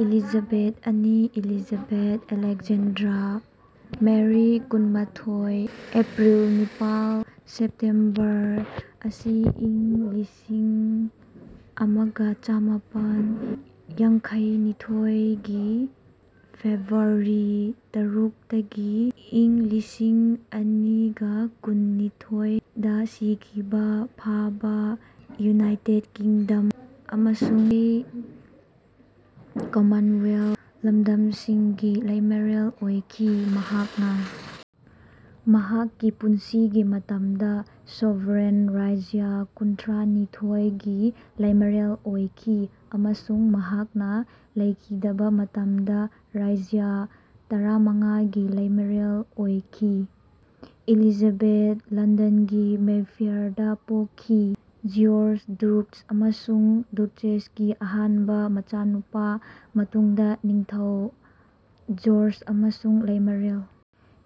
"Elizabeth ꯑꯅꯤ Elizabeth Alexandra Mary ꯀꯨꯟꯃꯊꯣꯢ April ꯅꯤꯄꯥꯜ ꯁꯦꯞꯇꯦꯝꯕꯔ ꯑꯁꯤ ꯢꯪ ꯂꯤꯁꯤꯡꯑꯃꯒ ꯆꯃꯥꯄꯟ ꯌꯥꯡꯈꯩꯅꯤꯊꯣꯢ ꯒꯤ ꯐꯦꯕ꯭ꯔꯨꯋꯥꯔꯤ ꯇꯔꯨꯛ ꯇꯒꯤ ꯢꯪ ꯂꯤꯁꯤꯡꯑꯅꯤꯒꯀꯨꯟꯅꯤꯊꯣꯢ ꯗ ꯁꯤꯈꯤꯕꯥ ꯐꯥꯄꯕꯥ ꯌꯨꯅꯥꯏꯇꯦꯗ ꯀꯤꯡꯗꯝ ꯑꯃꯁꯨꯡ ꯀꯃꯟꯋꯦꯜꯊ ꯂꯝꯗꯝꯁꯤꯡ ꯒꯤ ꯂꯩꯃꯔꯦꯜ ꯑꯣꯏꯈꯤ꯫ ꯃꯍꯥꯛꯅꯥ ꯃꯍꯥꯛꯀꯤ ꯄꯨꯟꯁꯤꯒꯤ ꯃꯇꯝꯗ ꯁꯣꯚꯔꯦꯟ ꯔꯥꯖ꯭ꯌ ꯀꯨꯟꯊ꯭ꯔꯥꯅꯤꯊꯣꯢ ꯒꯤ ꯂꯩꯃꯔꯦꯜ ꯑꯣꯏꯈꯤ ꯑꯃꯁꯨꯡ ꯃꯍꯥꯛꯅꯥ ꯂꯩꯈꯤꯗꯕꯥ ꯃꯇꯝꯗ ꯔꯥꯖ꯭ꯌ ꯇꯔꯥꯃꯉꯥ ꯒꯤ ꯂꯩꯃꯔꯦꯜ ꯑꯣꯏꯈꯤ꯫ ꯑꯦꯂꯤꯖꯥꯕꯦꯊ ꯂꯟꯗꯟꯒꯤ ꯃꯦꯐꯦꯌꯔꯗꯥ ꯄꯣꯛꯈꯤ ꯖꯤꯌꯣꯔ꯭ꯛ ꯗ꯭ꯌꯨꯛ ꯑꯃꯁꯨꯡ ꯗꯆꯦꯁꯀꯤ ꯑꯍꯥꯟꯕ ꯃꯆꯥꯅꯨꯄꯥ ꯃꯇꯨꯡꯗ ꯅꯤꯡꯊꯧ ꯖꯣꯔꯖ ꯑꯃꯁꯨꯡ ꯂꯩꯃꯔꯦꯜ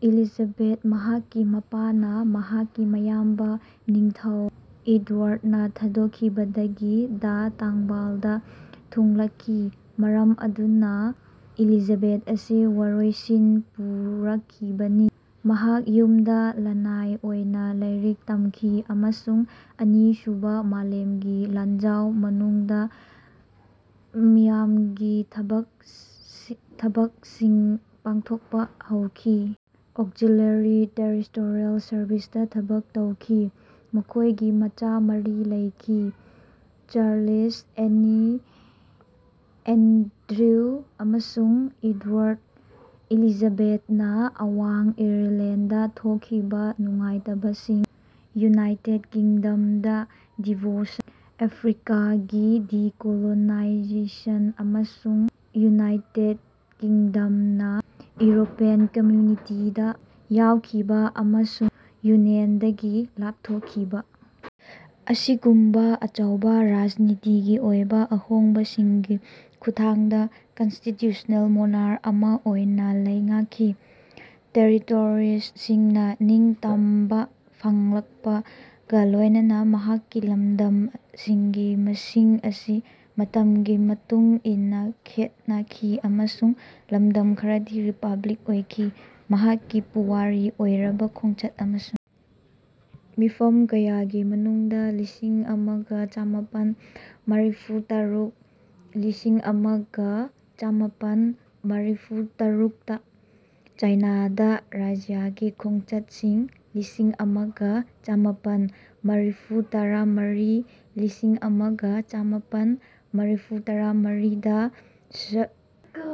ꯑꯦꯂꯤꯖꯥꯕꯦꯊ꯫ ꯃꯍꯥꯛꯀꯤ ꯃꯄꯥꯅꯥ ꯃꯍꯥꯛꯀꯤ ꯃꯌꯥꯝꯕ ꯅꯤꯡꯊꯧ ꯑꯦꯗꯑꯣꯌꯥꯔꯗ ꯅꯥ ꯊꯥꯗꯣꯛꯈꯤꯕꯗꯒꯤ ꯗꯥ ꯇꯥꯡꯕꯜꯗ ꯊꯨꯡꯂꯈꯤ ꯃꯔꯝ ꯑꯗꯨꯅꯥ ꯑꯦꯂꯤꯖꯥꯕꯦꯊ ꯑꯁꯤ ꯋꯥꯔꯣꯏꯁꯤꯟ ꯄꯨꯔꯛꯈꯤꯕꯅꯤ꯫ ꯃꯍꯥꯛ ꯌꯨꯝꯗꯥ ꯂꯅꯥꯏ ꯑꯣꯏꯅ ꯂꯥꯏꯔꯤꯛ ꯇꯝꯈꯤ ꯑꯃꯁꯨꯡ ꯑꯅꯤꯁꯨꯕꯥ ꯃꯥꯂꯦꯝꯒꯤ ꯂꯥꯟꯖꯥꯎ ꯃꯅꯨꯡꯗ ꯃꯤꯌꯥꯝꯒꯤ ꯊꯕꯛꯁꯤ ꯊꯕꯛꯁꯤꯡ ꯄꯥꯡꯊꯣꯛꯄꯥ ꯍꯧꯈꯤ ꯑꯣꯛꯁꯤꯂꯦꯔꯤ ꯇꯦꯔꯤꯇꯣꯔꯤ ꯁꯔꯚꯤꯁꯇꯥ ꯊꯕꯛ ꯇꯧꯈꯤ꯫ ꯃꯈꯣꯏꯒꯤ ꯃꯆꯥ ꯃꯔꯤ ꯂꯩꯈꯤ ꯆꯥꯔꯂꯁ, ꯑꯦꯟꯅꯦ, ꯑꯦꯟꯗ꯭ꯔꯦꯁ ꯑꯃꯁꯨꯡ ꯑꯦꯗꯋꯥꯔꯗ꯫ ꯑꯦꯂꯤꯖꯥꯕꯦꯊꯅꯥ ꯑꯋꯥꯡ ꯑꯥꯌꯔꯂꯦꯟꯗꯗꯥ ꯊꯣꯛꯈꯤꯕ ꯅꯨꯡꯉꯥꯏꯇꯕꯁꯤꯡ, ꯌꯨꯅꯥꯏꯇꯦꯗ ꯀꯤꯡꯗꯝꯗꯥ ꯗꯤꯚꯣꯂꯨꯁꯟ, ꯑꯐ꯭ꯔꯤꯀꯥꯒꯤ ꯗꯤꯀꯣꯂꯣꯅꯥꯏꯖꯦꯁꯟ ꯑꯃꯁꯨꯡ ꯌꯨꯅꯥꯏꯇꯦꯗ ꯀꯤꯡꯗꯝꯅꯥ ꯌꯨꯔꯣꯄꯤꯌꯟ ꯀꯃꯨꯅꯤꯇꯤꯁꯤꯡꯗꯥ ꯌꯥꯎꯈꯤꯕ ꯑꯃꯁꯨꯡ ꯌꯨꯅꯤꯌꯟꯗꯒꯤ ꯂꯥꯞꯊꯣꯛꯈꯤꯕ ꯑꯁꯤꯒꯨꯝꯕꯥ ꯑꯆꯧꯕ ꯔꯥꯖꯅꯤꯇꯤꯒꯤ ꯑꯣꯏꯕ ꯑꯍꯣꯡꯕꯁꯤꯡꯒꯤ ꯈꯨꯠꯊꯥꯡꯗ ꯀꯟꯁꯇꯤꯇ꯭ꯌꯨꯁ꯭ꯅꯦꯜ ꯃꯣꯅꯥꯔꯛ ꯑꯃꯥ ꯑꯣꯏꯅꯥ ꯂꯩꯉꯥꯛꯈꯤ꯫ ꯇꯦꯔꯤꯇꯣꯔꯤꯁꯤꯡꯅꯥ ꯅꯤꯡꯇꯝꯕ ꯐꯪꯂꯛꯄꯒꯥ ꯂꯣꯏꯅꯅ ꯃꯍꯥꯛꯀꯤ ꯂꯝꯗꯝꯁꯤꯡꯒꯤ ꯃꯁꯤꯡ ꯑꯁꯤ ꯃꯇꯝꯒꯤ ꯃꯇꯨꯡ ꯏꯟꯅꯥ ꯈꯦꯠꯅꯈꯤ ꯑꯃꯁꯨꯡ ꯂꯝꯗꯝ ꯈꯔꯗꯤ ꯔꯤꯄꯕ꯭ꯂꯤꯛ ꯑꯣꯏꯈꯤ꯫ ꯃꯍꯥꯛꯀꯤ ꯄꯨꯋꯥꯔꯤ ꯑꯣꯏꯔꯕ ꯈꯣꯡꯆꯠ ꯑꯃꯁꯨꯡ ꯃꯤꯐꯝ ꯀꯌꯥꯒꯤ ꯃꯅꯨꯡꯗꯥ ꯂꯤꯁꯤꯡꯑꯃꯒ ꯆꯃꯥꯄꯟ ꯃꯔꯤꯐꯨꯇꯔꯨꯛ ꯂꯤꯁꯤꯡꯑꯃꯒ ꯆꯥꯃꯄꯟ ꯃꯔꯤꯐꯨꯇꯔꯨꯛꯇꯥ ꯆꯥꯏꯅꯥꯗ ꯔꯥꯖ꯭ꯌꯒꯤ ꯈꯣꯡꯆꯠꯁꯤꯡ ꯂꯤꯁꯤꯡꯑꯃꯒ ꯆꯃꯥꯄꯟ ꯃꯔꯤꯐꯨꯇꯔꯥꯃꯔꯤ ꯂꯤꯁꯤꯡꯑꯃꯒ ꯆꯥꯃꯄꯟ ꯃꯔꯤꯐꯨꯇꯔꯥꯃꯔꯤ ꯗꯥ ꯆꯥ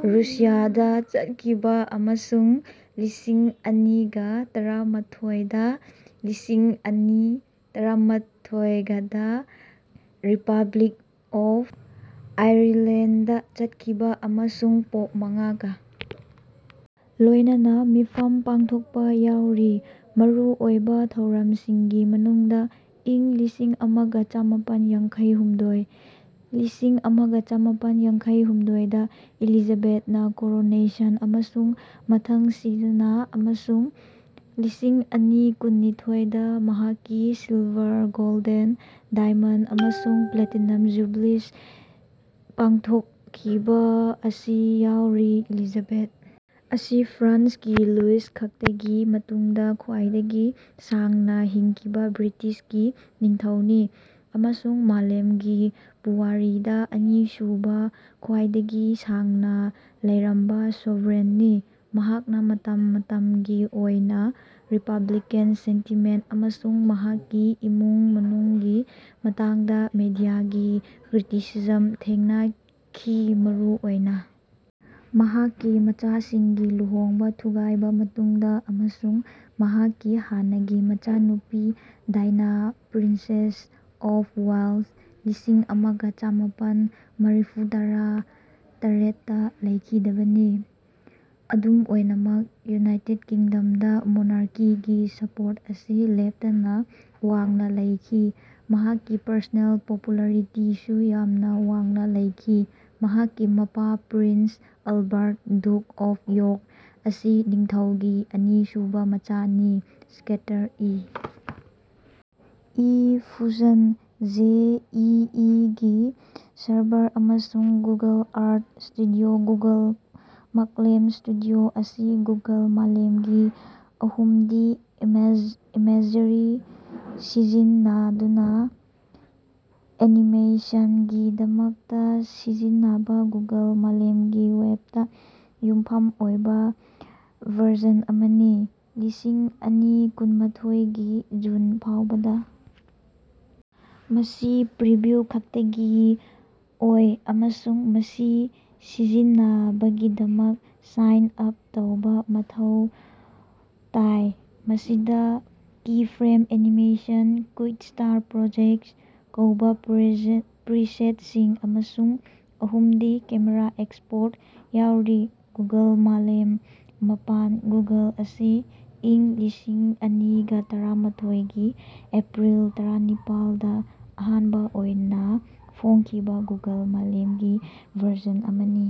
ꯔꯨꯁꯤꯌꯥꯗꯥ ꯆꯠꯈꯤꯕ ꯑꯃꯁꯨꯡ ꯂꯤꯁꯤꯡꯑꯅꯤꯒꯇꯔꯥꯃꯊꯣꯢ ꯗ ꯂꯤꯁꯤꯡꯑꯅꯤ ꯇꯔꯥꯃꯊꯣꯢꯒꯗꯥ ꯔꯤꯄꯕ꯭ꯂꯤꯛ ꯑꯣꯐ ꯑꯥꯌꯔꯂꯦꯟꯗꯗꯥ ꯆꯠꯈꯤꯕ ꯑꯃꯁꯨꯡ ꯄꯣꯞ ꯃꯉꯥꯒꯥ ꯂꯣꯏꯅꯅ ꯃꯤꯐꯝ ꯄꯥꯛꯊꯣꯛꯄꯥ ꯌꯥꯎꯔꯤ꯫ ꯃꯔꯨꯑꯣꯏꯕ ꯊꯧꯔꯝꯁꯤꯡꯒꯤ ꯃꯅꯨꯡꯗ ꯢꯪ ꯂꯤꯁꯤꯡꯑꯃꯒ ꯆꯃꯥꯄꯟ ꯌꯥꯡꯈꯩꯍꯨꯝꯗꯣꯢ ꯂꯤꯁꯤꯡꯑꯃꯒ ꯆꯥꯃꯄꯟ ꯌꯥꯡꯈꯩꯍꯨꯝꯗꯣꯢ ꯗꯥ ꯑꯦꯂꯤꯖꯥꯕꯦꯊꯅꯥ ꯀꯣꯔꯣꯅꯦꯁꯟ ꯑꯃꯁꯨꯡ ꯃꯊꯪꯁꯤꯠꯅꯥ ꯑꯃꯁꯨꯡ ꯂꯤꯁꯤꯡꯑꯅꯤꯒꯀꯨꯟꯅꯤꯊꯣꯢ ꯗ ꯃꯍꯥꯛꯀꯤ ꯁꯤꯜꯚꯥꯔ, ꯒꯣꯜꯗꯟ, ꯗꯥꯏꯃꯟꯗ ꯑꯃꯁꯨꯡ ꯄ꯭ꯂꯦꯇꯤꯅꯝ ꯖꯨꯕꯤꯂꯤꯁ ꯄꯥꯡꯊꯣꯛꯈꯤꯕ ꯑꯁꯤ ꯌꯥꯎꯔꯤ꯫ ꯑꯦꯂꯤꯖꯥꯕꯦꯊ ꯑꯁꯤ ꯐ꯭ꯔꯥꯟꯁꯀꯤ ꯂꯨꯏꯁ ꯈꯛꯇꯒꯤ ꯃꯇꯨꯡꯗꯥ ꯈ꯭ꯋꯥꯏꯗꯒꯤ ꯁꯥꯡꯅꯥ ꯍꯤꯡꯈꯤꯕ ꯕ꯭ꯔꯤꯇꯤꯁꯀꯤ ꯅꯤꯡꯊꯧꯅꯤ ꯑꯃꯁꯨꯡ ꯃꯥꯂꯦꯝꯒꯤ ꯄꯨꯋꯥꯔꯤꯗꯥ ꯑꯅꯤꯁꯨꯕ ꯈ꯭ꯋꯥꯏꯗꯒꯤ ꯁꯥꯡꯅꯥ ꯂꯩꯔꯝꯕ ꯁꯣꯚꯔꯦꯟꯇꯅꯤ꯫ ꯃꯍꯥꯛꯅꯥ ꯃꯇꯝ ꯃꯇꯝꯒꯤ ꯑꯣꯏꯅ ꯔꯤꯄꯕ꯭ꯂꯤꯛ ꯁꯦꯟꯇꯤꯃꯦꯟꯇ ꯑꯃꯁꯨꯡ ꯃꯍꯥꯛꯀꯤ ꯏꯃꯨꯡ ꯃꯅꯨꯡꯒꯤ ꯃꯇꯥꯡꯗ ꯃꯤꯗꯤꯌꯥꯒꯤ ꯀ꯭ꯔꯤꯇꯤꯁꯤꯖꯝ ꯊꯦꯡꯅꯈꯤ ꯃꯔꯨꯑꯣꯏꯅ ꯃꯍꯥꯛꯀꯤ ꯃꯆꯥꯁꯤꯡꯒꯤ ꯂꯨꯍꯣꯡꯕ ꯊꯨꯒꯥꯏꯔꯕ ꯃꯇꯨꯡꯗꯥ ꯑꯃꯁꯨꯡ ꯃꯍꯥꯛꯀꯤ ꯍꯥꯟꯅꯒꯤ ꯃꯆꯥꯅꯨꯄꯤ ꯗꯥꯏꯅꯥ, ꯄ꯭ꯔꯤꯟꯁꯦꯁ ꯑꯣꯐ ꯋꯦꯂꯁ ꯂꯤꯁꯤꯡꯑꯃꯒ ꯆꯃꯥꯄꯟ ꯃꯔꯤꯐꯨꯇꯔꯥꯇꯔꯦꯠ ꯇꯥ ꯂꯩꯈꯤꯗꯕꯅꯤ꯫ ꯑꯗꯨꯝ ꯑꯣꯏꯅꯃꯛ ꯌꯨꯅꯥꯏꯇꯦꯗ ꯀꯤꯡꯗꯝꯗꯥ ꯃꯣꯅꯥꯔꯀꯤꯒꯤ ꯁꯄꯣꯔꯠ ꯑꯁꯤ ꯂꯦꯞꯇꯅꯥ ꯋꯥꯡꯅꯥ ꯂꯩꯈꯤ ꯃꯍꯥꯛꯀꯤ ꯄꯔꯁꯣꯅꯦꯜ ꯄꯄꯨꯂꯥꯔꯤꯇꯤꯁꯨ ꯌꯥꯝꯅꯥ ꯋꯥꯡꯅꯥ ꯂꯩꯈꯤ꯫ ꯃꯍꯥꯛꯀꯤ ꯃꯄꯥ prince Albert ,duke of York ꯑꯁꯤ ꯅꯤꯡꯊꯧꯒꯤ ꯑꯅꯤꯁꯨꯕ ꯃꯆꯥꯅꯤ꯫ ꯁ꯭ꯀꯇꯔ E. E. Fusion, G. E. E. ꯒꯤ ꯁꯔꯚꯥꯔ ꯑꯃꯁꯨꯡ ꯒꯨꯒꯜ ꯑꯥꯔꯊ ꯁ꯭ꯇꯨꯗꯤꯑꯣ ꯒꯨꯒꯜ ꯃꯥꯛꯂꯦꯝ ꯁ꯭ꯇꯨꯗꯤꯑꯣ ꯑꯁꯤ ꯒꯨꯒꯜ ꯃꯥꯂꯦꯝꯒꯤ ꯑꯍꯨꯝꯗꯤ ꯏꯃꯦꯖꯔꯤ ꯁꯤꯖꯤꯟꯅꯗꯨꯅꯥ ꯑꯦꯅꯤꯃꯦꯁꯟꯒꯤꯗꯃꯛꯇꯥ ꯁꯤꯖꯤꯟꯅꯕꯥ ꯒꯨꯒꯜ ꯃꯥꯂꯦꯝꯒꯤ ꯋꯦꯕꯇꯥ ꯌꯨꯝꯐꯝ ꯑꯣꯏꯕꯥ ꯚꯔꯖꯟ ꯑꯃꯅꯤ꯫ ꯂꯤꯁꯤꯡꯑꯅꯤꯒꯀꯨꯟꯃꯊꯣꯢ ꯒꯤ ꯖꯨꯟ ꯐꯥꯎꯕꯗꯥ ꯃꯁꯤ ꯄ꯭ꯔꯤꯚꯤꯎ ꯈꯛꯇꯒꯤ ꯑꯣꯏ ꯑꯃꯁꯨꯡ ꯃꯁꯤ ꯁꯤꯖꯤꯟꯅꯅꯕꯒꯤꯗꯃꯛ ꯁꯥꯏꯟ ꯑꯥꯞ ꯇꯧꯕꯥ ꯃꯊꯧ ꯇꯥꯏ꯫ ꯃꯁꯤꯗꯥ ꯀꯤꯐ꯭ꯔꯦꯝ ꯑꯦꯅꯤꯃꯦꯁꯟ "ꯀꯨꯏꯛ-ꯁ꯭ꯇꯥꯔꯠ ꯄ꯭ꯔꯣꯖꯦꯛꯇꯁꯤꯡ" ꯀꯧꯕꯥ ꯄ꯭ꯔꯤꯁꯦꯠꯁꯤꯡ ꯑꯃꯁꯨꯡ ꯑꯍꯨꯝꯗꯤ ꯀꯦꯃꯦꯔꯥ ꯑꯦꯛꯁꯄꯣꯔꯠ ꯌꯥꯎꯔꯤ꯫ ꯒꯨꯒꯜ ꯃꯥꯂꯦꯝ ꯃꯥꯄꯟꯒꯨꯒꯜ ꯑꯁꯤ ꯂꯤꯁꯤꯡꯑꯅꯤꯒꯇꯔꯥꯇꯔꯦꯠ ꯀꯤ ꯑꯦꯄ꯭ꯔꯤꯜ ꯇꯔꯥꯅꯤꯄꯥꯜ ꯗꯥ ꯑꯍꯥꯟꯕꯥ ꯑꯣꯏꯅꯥ ꯐꯣꯡꯈꯤꯕꯥ ꯒꯨꯒꯜ ꯃꯥꯂꯦꯝꯒꯤ ꯚꯔꯖꯟ ꯑꯃꯅꯤ꯫